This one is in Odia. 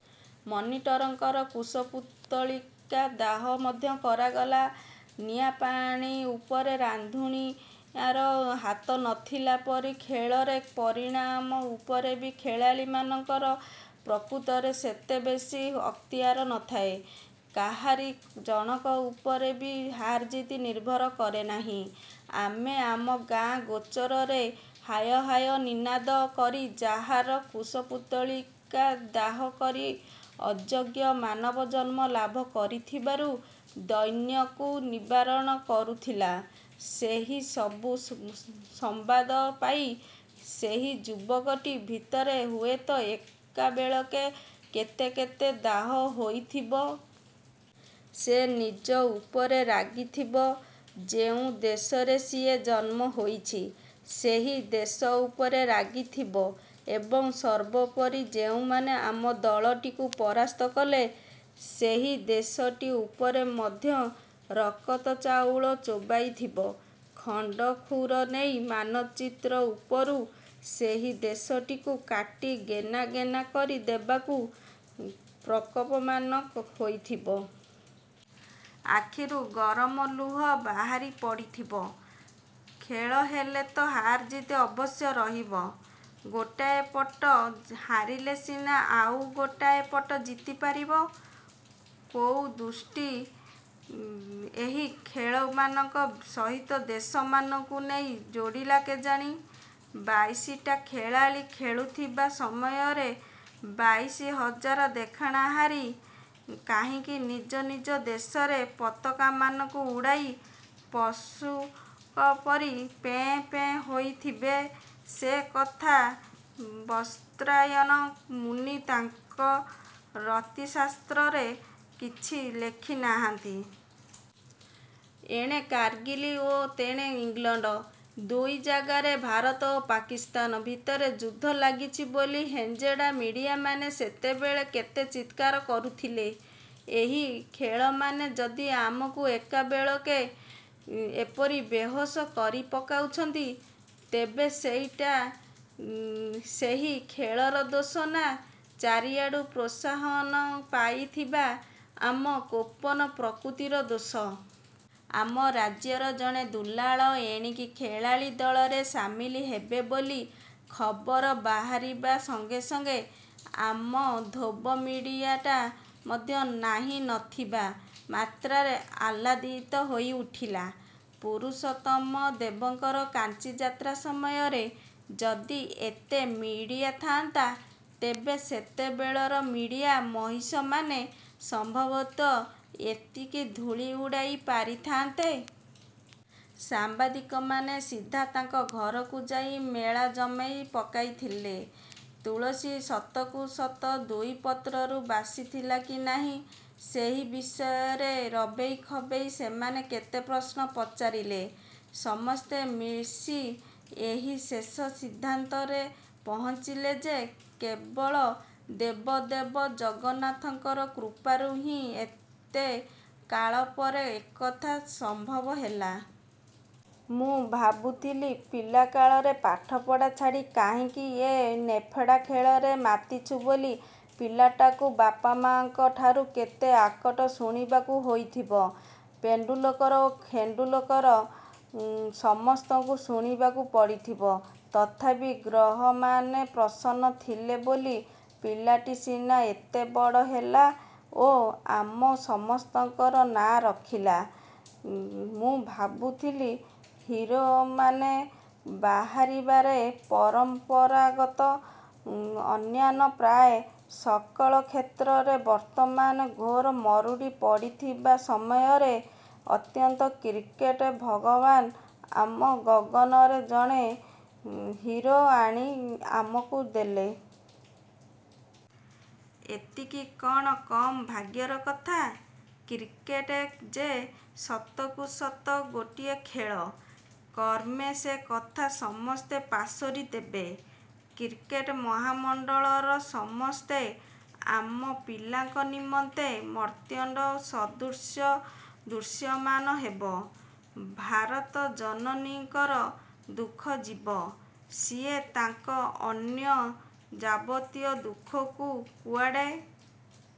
ମନିଟରଙ୍କର କୁଶପୁତ୍ତଳିକା ଦାହ ମଧ୍ୟ କରାଗଲା। ନିଆଁ ପାଣି ଉପରେ ରାନ୍ଧୁଣିଆର ହାତ ନ ଥିଲା ପରି ଖେଳରେ ପରିଣାମ ଉପରେ ବି ଖେଳାଳିମାନଙ୍କର ପ୍ରକୃତରେ ସେତେ ବେଶୀ ଅକ୍ତିଆର ନଥାଏ, କାହାରି ଜଣକ ଉପରେ ବି ହାରଜିତ୍ ନିର୍ଭର କରେନାହିଁ। ଆମେ ଆମ ଗାଆଁ ଗୋଚରରେ ହାୟ ହାୟ ନିନାଦ କରି ଯାହାର କୁଶପୁତ୍ତଳିକା ଦାହ କରି ଅଯୋଗ୍ୟ ମାନବଜନ୍ମ ଲାଭ କରିଥିବାର ଦୈନ୍ୟକୁ ନିବାରଣ କରୁଥିଲୁ, ସେହିସବୁ ସମ୍ବାଦ ପାଇ ସେହି ଯୁବକଟି ଭିତରେ ହୁଏତ ଏକାବେଳେକେ କେତେ କେତେ ଦାହ ହୋଇଥିବ। ସେ ନିଜ ଉପରେ ରାଗିଥିବ ଯୋଉ ଦେଶରେ ସିଏ ଜନ୍ମ ହୋଇଛି, ସେହି ଦେଶ ଉପରେ ରାଗିଥିବ ଏବଂ ସର୍ବୋପରି ଯେଉଁମାନେ ଆମ ଦଳଟିକୁ ପରାସ୍ତ କଲେ, ସେହି ଦେଶଟି ଉପରେ ମଧ୍ୟ ରକତଚାଉଳ ଚୋବାଇଥିବ। ଖଣ୍ଡ କ୍ଷୁର ନେଇ ମାନଚିତ୍ର ଉପରୁ ସେହି ଦେଶଟିକୁ କାଟି ଗେନା ଗେନା କରି ଦେବାକୁ ପ୍ରକୋପମାନ ହୋଇଥିବ। ଆଖିରୁ ଗରମ ଲୁହ ବାହାରି ପଡ଼ିଥିବ। ଖେଳ ହେଲେ ତ ହାରଜିତ୍ ଅବଶ୍ୟ ରହିବ। ଗୋଟାଏ ପଟ ହାରିଲେ ସିନା ଆଉ ଗୋଟାଏ ପଟ ଜିତିପାରିବ? କୋଉ ଦୁଷ୍ଟ ଏହି ଖେଳମାନଙ୍କ ସହିତ ଦେଶମାନଙ୍କୁ ନେଇ ଯୋଡ଼ିଲା କେଜାଣି? ବାଇଶିଟା ଖେଳାଳି ଖେଳୁଥିବା ସମୟରେ ବାଇଶି ହଜାର ଦେଖଣାହାରି କାହିଁକି ନିଜ ନିଜ ଦେଶର ପତାକାମାନଙ୍କୁ ଉଡ଼ାଇ ପଶୁଙ୍କ ପରି ପେଁ ପେଁ ହେଉଥିବେ ସେ କଥା ବାତ୍ସାୟନ ମୁନି ତାଙ୍କ ରତିଶାସ୍ତ୍ରରେ କିଛି ଲେଖିନାହାନ୍ତି। ଏଣେ କାରଗିଲ୍ ଓ ତେଣେ ଇଂଲଣ୍ଡ, ଦୁଇ ଜାଗାରେ ଭାରତ ଓ ପାକିସ୍ତାନ ଭିତରେ ଯୁଦ୍ଧ ଲାଗିଛି ବୋଲି ହେଞ୍ଜେଡ଼ା ମିଡ଼ିଆମାନେ ସେତେବେଳେ କେତେ ଚିତ୍କାର କରୁଥିଲେ। ଏହି ଖେଳମାନେ ଯଦି ଆମକୁ ଏକାବେଳେକେ ଏପରି ବେହୋସ କରି ପକାଉଛନ୍ତି, ତେବେ ସେଇଟା ସେହି ଖେଳର ଦୋଷ ନା ଚାରିଆଡୁ ପ୍ରୋତ୍ସାହନ ପାଉଥିବା ଆମ କୋପନ ପ୍ରକୃତିର ଦୋଷ? ଆମ ରାଜ୍ୟର ଜଣେ ଦୁଲାଳ ଏଣିକି ଖେଳାଳି ଦଳରେ ସାମିଲ ହେବେ ବୋଲି ଖବର ବାହାରିବା ସଂଗେ ସଂଗେ ଆମ ଧୋବ ମିଡ଼ିଆଟା ମଧ୍ୟ ନାହିଁନଥିବା ମାତ୍ରାରେ ଆହ୍ଲାଦିତ ହୋଇଉଠିଲା। ପୁରୁଷୋତ୍ତମ ଦେବଙ୍କର କାଞ୍ଚିଯାତ୍ରା ସମୟରେ ଯଦି ଏତେ ମିଡ଼ିଆ ଥାଆନ୍ତା, ତେବେ ସେତେବେଳର ମିଡ଼ିଆ ମହିଷମାନେ ସମ୍ଭବତଃ ଏତିକି ଧୂଳି ଉଡ଼ାଇ ପାରିଥାନ୍ତେ। ସାମ୍ବାଦିକମାନେ ସିଧା ତାଙ୍କ ଘରକୁ ଯାଇ ମେଳା ଜମାଇ ପକାଇଥିଲେ। ତୁଳସୀ ସତକୁ ସତ ଦୁଇ ପତ୍ରରୁ ବାସିଥିଲା କି ନାହିଁ, ସେହି ବିଷୟରେ ରବେଇ ଖବେଇ ସେମାନେ କେତେ ପ୍ରଶ୍ନ ପଚାରିଲେ। ସମସ୍ତେ ମିଶି ଏହି ଶେଷ ସିଦ୍ଧାନ୍ତରେ ପହଞ୍ଚିଲେ ଯେ କେବଳ ଦେବ ଦେବ ଜଗନ୍ନାଥଙ୍କର କୃପାରୁ ହିଁ ଏତେ କାଳପରେ ଏକଥା ସମ୍ଭବ ହେଲା। ମୁଁ ଭାବୁଥିଲି ପିଲାକାଳରେ ପାଠପଢ଼ା ଛାଡ଼ି କାହିଁକି ଏ ନେଫେଡ଼ା ଖେଳରେ ମାତିଛୁ ବୋଲି ପୁଅଟାକୁ ବାପା, ମାଆଙ୍କ ଠାରୁ କେତେ ଆକଟ ଶୁଣିବାକୁ ହୋଇଥିବ। ପେଣ୍ଡୁଲକର ଓ ଖେଣ୍ଡୁଲକର ସମସ୍ତଙ୍କୁ ଶୁଣିବାକୁ ପଡ଼ିଥିବ । ତଥାପି ଗ୍ରହମାନେ ପ୍ରସନ୍ନ ଥିଲେ ବୋଲି ପିଲାଟା ସିନା ଏତେବଡ଼ ହେଲା ଓ ଆମ ସମସ୍ତଙ୍କର ନାଆଁ ରଖିଲା, ମୁଁ ଭାବୁଥିଲି ହିରୋମାନେ ବାହାରିବାରେ ପରମ୍ପରାଗତ ଅନ୍ୟାନ୍ୟ ପ୍ରାୟ ସକଳ କ୍ଷେତ୍ରରେ ବର୍ତ୍ତମାନ ଘୋର ମରୁଡ଼ି ପଡ଼ିଥିବା ସମୟରେ ଅନ୍ତତଃ କ୍ରିକେଟ ଭଗବାନ ଆମ ଗଗନରେ ଜଣେ ହିରୋ ଆଣି ଆମକୁ ଦେଲେ। ଏତିକି କଣ କମ୍ ଭାଗ୍ୟର କଥା? କ୍ରିକେଟ ଯେ ସତକୁ ସତ ଗୋଟିଏ ଖେଳ, କ୍ରମେ ସେ କଥା ସମସ୍ତେ ପାସୋରିଦେବେ। କ୍ରିକେଟ ମହାମଣ୍ଡଳର ସମସ୍ତେ ଆମ ପିଲାଙ୍କ ନିମନ୍ତେ ମାର୍ତ୍ତଣ୍ଡ ସଦୃଶ ଦୃଶ୍ୟମାନ ହେବେ। ଭାରତ ଜନନୀଙ୍କର ଦୁଃଖ ଯିବ। ସିଏ ତାଙ୍କର ଅନ୍ୟ ଯାବତୀୟ ଦୁଃଖକୁ କୁଆଡ଼େ